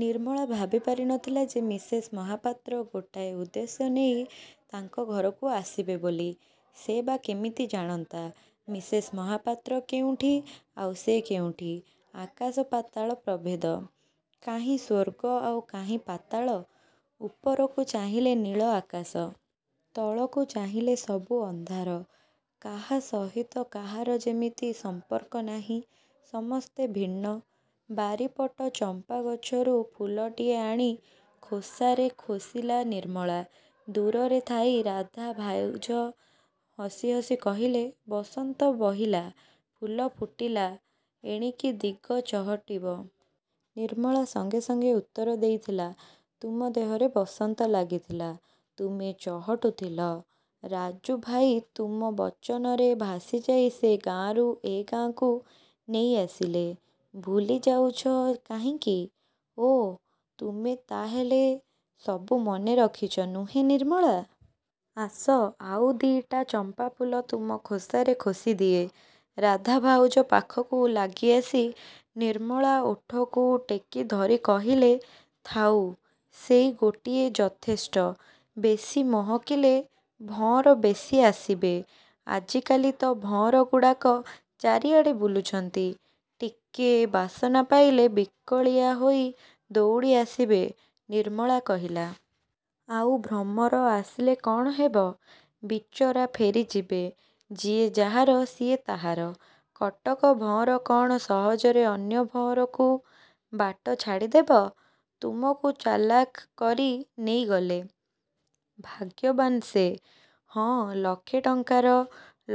ନିର୍ମଳା ଭାବି ପାରି ନଥିଲା ଯେ ମିସେସ୍ ମହାପାତ୍ର ଗୋଟାଏ ଉଦ୍ଦେଶ୍ୟ ନେଇ ତାଙ୍କ ଘରକୁ ଆସିବେ ବୋଲି। ସେ ବା କେମିତି ଜାଣନ୍ତା। ମିସେସ୍ ମହାପାତ୍ର କେଉଁଠି, ଆଉ ସେ କେଉଁଠି। ଆକାଶ ପାତାଳ ପ୍ରଭେଦ। କାହିଁ ସ୍ୱର୍ଗ ଆଉ କାହିଁ ପାତାଳ। ଉପରକୁ ଚାହିଁଲେ ନୀଳ ଆକାଶ। ତଳକୁ ଚାହିଁଲେ ସବୁ ଅନ୍ଧାର। କାହା ସହିତ କାହାର ଯେମିତି ସମ୍ପର୍କ ନାହିଁ, ସମସ୍ତେ ଭିନ୍ନ। ବାରିପଟ ଚମ୍ପା ଗଛରୁ ଫୁଲଟିଏ ଆଣି ଖୋସାରେ ଖୋସିଲା ନିର୍ମଳା। ଦୂରରେ ଥାଇ ରାଧା ଭାଉଜ ହସି ହସି କହିଲେ, ବସନ୍ତ ବହିଲା, ଫୁଲ ଫୁଟିଲା ଏଣିକି ଦିଗ ଚହଟିବ। ନିର୍ମଳା ସଙ୍ଗେ ସଙ୍ଗେ ଉତ୍ତର ଦେଇଥିଲା ତୁମ ଦେହରେ ବସନ୍ତ ଲାଗିଥିଲା। ତୁମେ ଚହଟୁଥିଲ ରାଜୁ ଭାଇ ତୁମ ବଚନରେ ଭାସିଯାଇ ସେ ଗାଁରୁ ଏ ଗାଁକୁ ନେଇ ଆସିଲେ। ଭୁଲି ଯାଉଛ କାହିଁକି? ଓଃ ତୁମେ ତା' ହେଲେ ସବୁ ମନେ ରଖିଛ ନୁହେଁ ନିର୍ମଳା? ଆସ ଆଉ ଦି'ଟା ଚମ୍ପାଫୁଲ ତୁମ ଖୋସାରେ ଖୋସିଦିଏ। ରାଧା ଭାଉଜ ପାଖକୁ ଲାଗି ଆସି, ନିର୍ମଳା ଓଠକୁ ଟେକିଧରି କହିଲେ। ଥାଉ, ସେଇ ଗୋଟିଏ ଯଥେଷ୍ଟ। ବେଶୀ ମହକିଲେ ଭଅଁର ବେଶି ଆସିବେ। ଆଜି କାଲି ତ ଭଅଁର ଗୁଡ଼ାକ ଚାରିଆଡ଼େ ବୁଲୁଛନ୍ତି ଟିକେ ବାସନା ପାଇଲେ ବିକଳିଆ ହୋଇ ଦୌଡ଼ି ଆସିବେ ନିର୍ମଳା କହିଲା। ଆଉ ଭ୍ରମର ଆସିଲେ କ'ଣ ହେବ। ବିଚରା ଫେରିଯିବେ। ଯିଏ ଯାହାର ସିଏ ତାହାର। କଟକ ଭଅଁର କ'ଣ ସହଜରେ ଅନ୍ୟ ଭଅଁରକୁ ବାଟ ଛାଡ଼ିଦେବ। ତୁମକୁ ଚାଲାଖ କରି ନେଇଗଲେ। ଭାଗ୍ୟବାନ ସେ। ହଁ ଲକ୍ଷେ ଟଙ୍କାର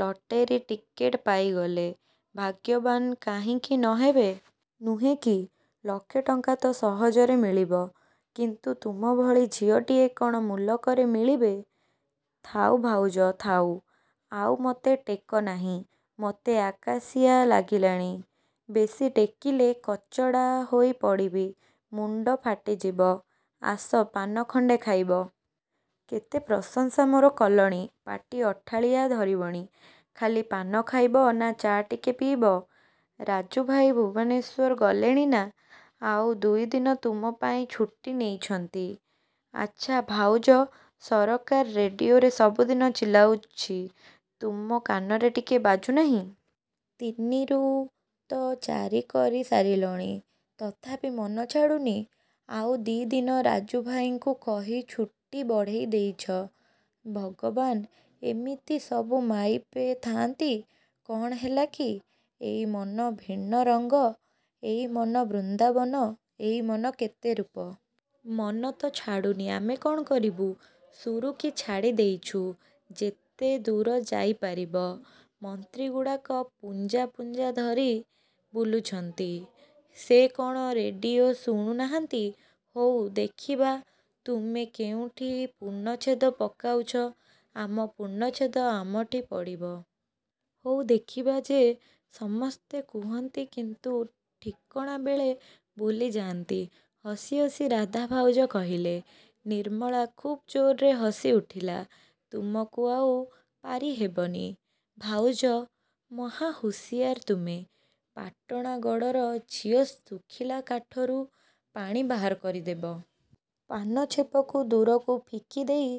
ଲଟେରୀ ଟିକେଟ ପାଇଗଲେ। ଭାଗ୍ୟବାନ କାହିଁକି ନ ହେବେ। ନୁହେଁ କି? ଲକ୍ଷେ ଟଙ୍କା ତ ସହଜରେ ମିଳିବ। କିନ୍ତୁ ତୁମ ଭଳି ଝିଅଟିଏ କ'ଣ ମୁଲକରେ ମିଳିବେ? ଥାଉ ଭାଉଜ ଥାଉ ଆଉ ମୋତେ ଟେକ ନାହିଁ। ମୋତେ ଆକାଶିଆ ଲାଗିଲାଣି। ବେଶି ଟେକିଲେ କଚାଡ଼ି ହୋଇ ପଡ଼ିବି। ମୁଣ୍ଡ ଫାଟିଯିବ। ଆସ ପାନ ଖଣ୍ଡେ ଖାଇବ। କେତେ ପ୍ରଶଂସା ମୋର କଲଣି। ପାଟି ଅଠାଳିଆ ଧରିବଣି। ଖାଲି ପାନ ଖାଇବ ନା ଚା' ଟିକେ ପିଇବ? ରାଜୁଭାଇ ଭୁବନେଶ୍ୱର ଗଲେଣି ନା, ଆଉ ଦୁଇଦିନ ତୁମ ପାଇଁ ଛୁଟି ନେଇଛନ୍ତି। ଆଚ୍ଛା ଭାଉଜ ସରକାର ରେଡ଼ିଓରେ ସବୁଦିନେ ଚିଲାଉଛି ତୁମ କାନରେ ଟିକେ ବାଜୁନାହିଁ? ତିନିରୁ ତ ଚାରି କରି ସାରିଲଣି। ତଥାପି ମନ ଛାଡ଼ୁନି। ଆଉ ଦି' ଦିନ ରାଜୁଭାଇଙ୍କୁ କହି ଛୁଟି ବଢ଼େଇ ଦେଇଛ। ଭଗବାନ ଏମିତି ସବୁ ମାଇପେ ଥା'ନ୍ତି। କ'ଣ ହେଲା କି, ଏଇ ମନ ଭିନ୍ନ ରଙ୍ଗ, ଏଇ ମନ ବୃନ୍ଦାବନ, ଏଇ ମନ କେତେ ରୂପ। ମନ ତ ଛାଡ଼ୁନି ଆମେ କ'ଣ କରିବୁ। ସୁରୁକି ଛାଡ଼ି ଦେଇଛୁ। ଯେତେ ଦୂର ଯାଇ ପାରିବ। ମନ୍ତ୍ରୀଗୁଡ଼ାକ ପୁଞ୍ଜା ପୁଞ୍ଜା ଧରି ବୁଲୁଛନ୍ତି। ସେ କ'ଣ ରେଡ଼ିଓ ଶୁଣୁ ନାହାନ୍ତି। ହଉ ଦେଖିବା ତୁମେ କେଉଁଠି ପୂର୍ଣ୍ଣଚ୍ଛେଦ ପକାଉଛ। ଆମ ପୂର୍ଣ୍ଣଚ୍ଛେଦ ଆମଠି ପଡ଼ିବ। ହଉ ଦେଖିବା ଯେ ସମସ୍ତେ କହନ୍ତି କିନ୍ତୁ ଠିକଣାବେଳେ ଭୁଲିଯାନ୍ତି ହସି ହସି ରାଧା ଭାଉଜ କହିଲେ। ନିର୍ମଳା ଖୁବ୍ ଜୋରରେ ହସି ଉଠିଲା। ତୁମକୁ ଆଉ ପାରିହେବନି। ଭାଉଜ ମହା ହୁସିଆର ତୁମେ। ପାଟଣା ଗଡ଼ର ଝିଅ ଶୁଖିଲା କାଠରୁ ପାଣି ବାହାର କରିଦେବ। ପାନ ଛେପକୁ ଦୂରକୁ ଫିକିଦେଇ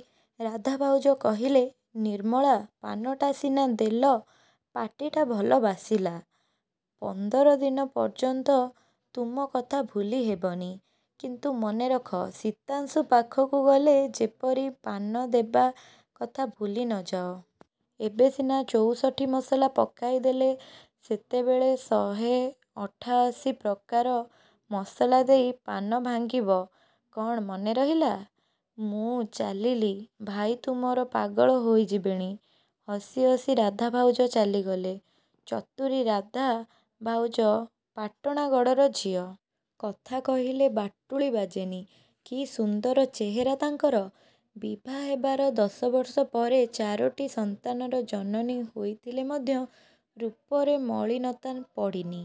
ରାଧା ଭାଉଜ କହିଲେ, ନିର୍ମଳା ପାନଟା ସିନା ଦେଲ ପାଟିଟା ଭଲ ବାସିଲା। ପନ୍ଦର ଦିନ ପର୍ଯ୍ୟନ୍ତ ତୁମ କଥା ଭୁଲି ହେବନି। କିନ୍ତୁ ମନେ ରଖ ଶୀତାଂଶୁ ପାଖକୁ ଗଲେ ଯେପରି ପାନ ଦେବା କଥା ଭୁଲି ନ ଯାଅ। ଏବେ ସିନା ଚଉଷଠି ମସଲା ପକାଇ ଦେଲ ସେତେବେଳେ ଶହେ ଅଠାଅଶି ପ୍ରକାର ମସଲା ଦେଇ ପାନ ଭାଙ୍ଗିବ କ'ଣ ମନେ ରହିଲା। ମୁଁ ଚାଲିଲି ଭାଇ ତୁମର ପାଗଳ ହୋଇଯିବେଣି। ହସି ହସି ରାଧା ଭାଉଜ ଚାଲିଗଲେ। ଚତୁରୀ ରାଧା ଭାଉଜ ପାଟଣା ଗଡ଼ର ଝିଅ। କଥା କହିଲେ ବାଟୁଳି ବାଜେନି। କି ସୁନ୍ଦର ଚେହେରା ତାଙ୍କର। ବିଭା ହେବାର ଦଶବର୍ଷ ପରେ ଚାରୋଟି ସନ୍ତାନର ଜନନୀ ହୋଇଥିଲେ ମଧ୍ୟ ରୂପରେ ମଳିନତା ପଡ଼ିନି।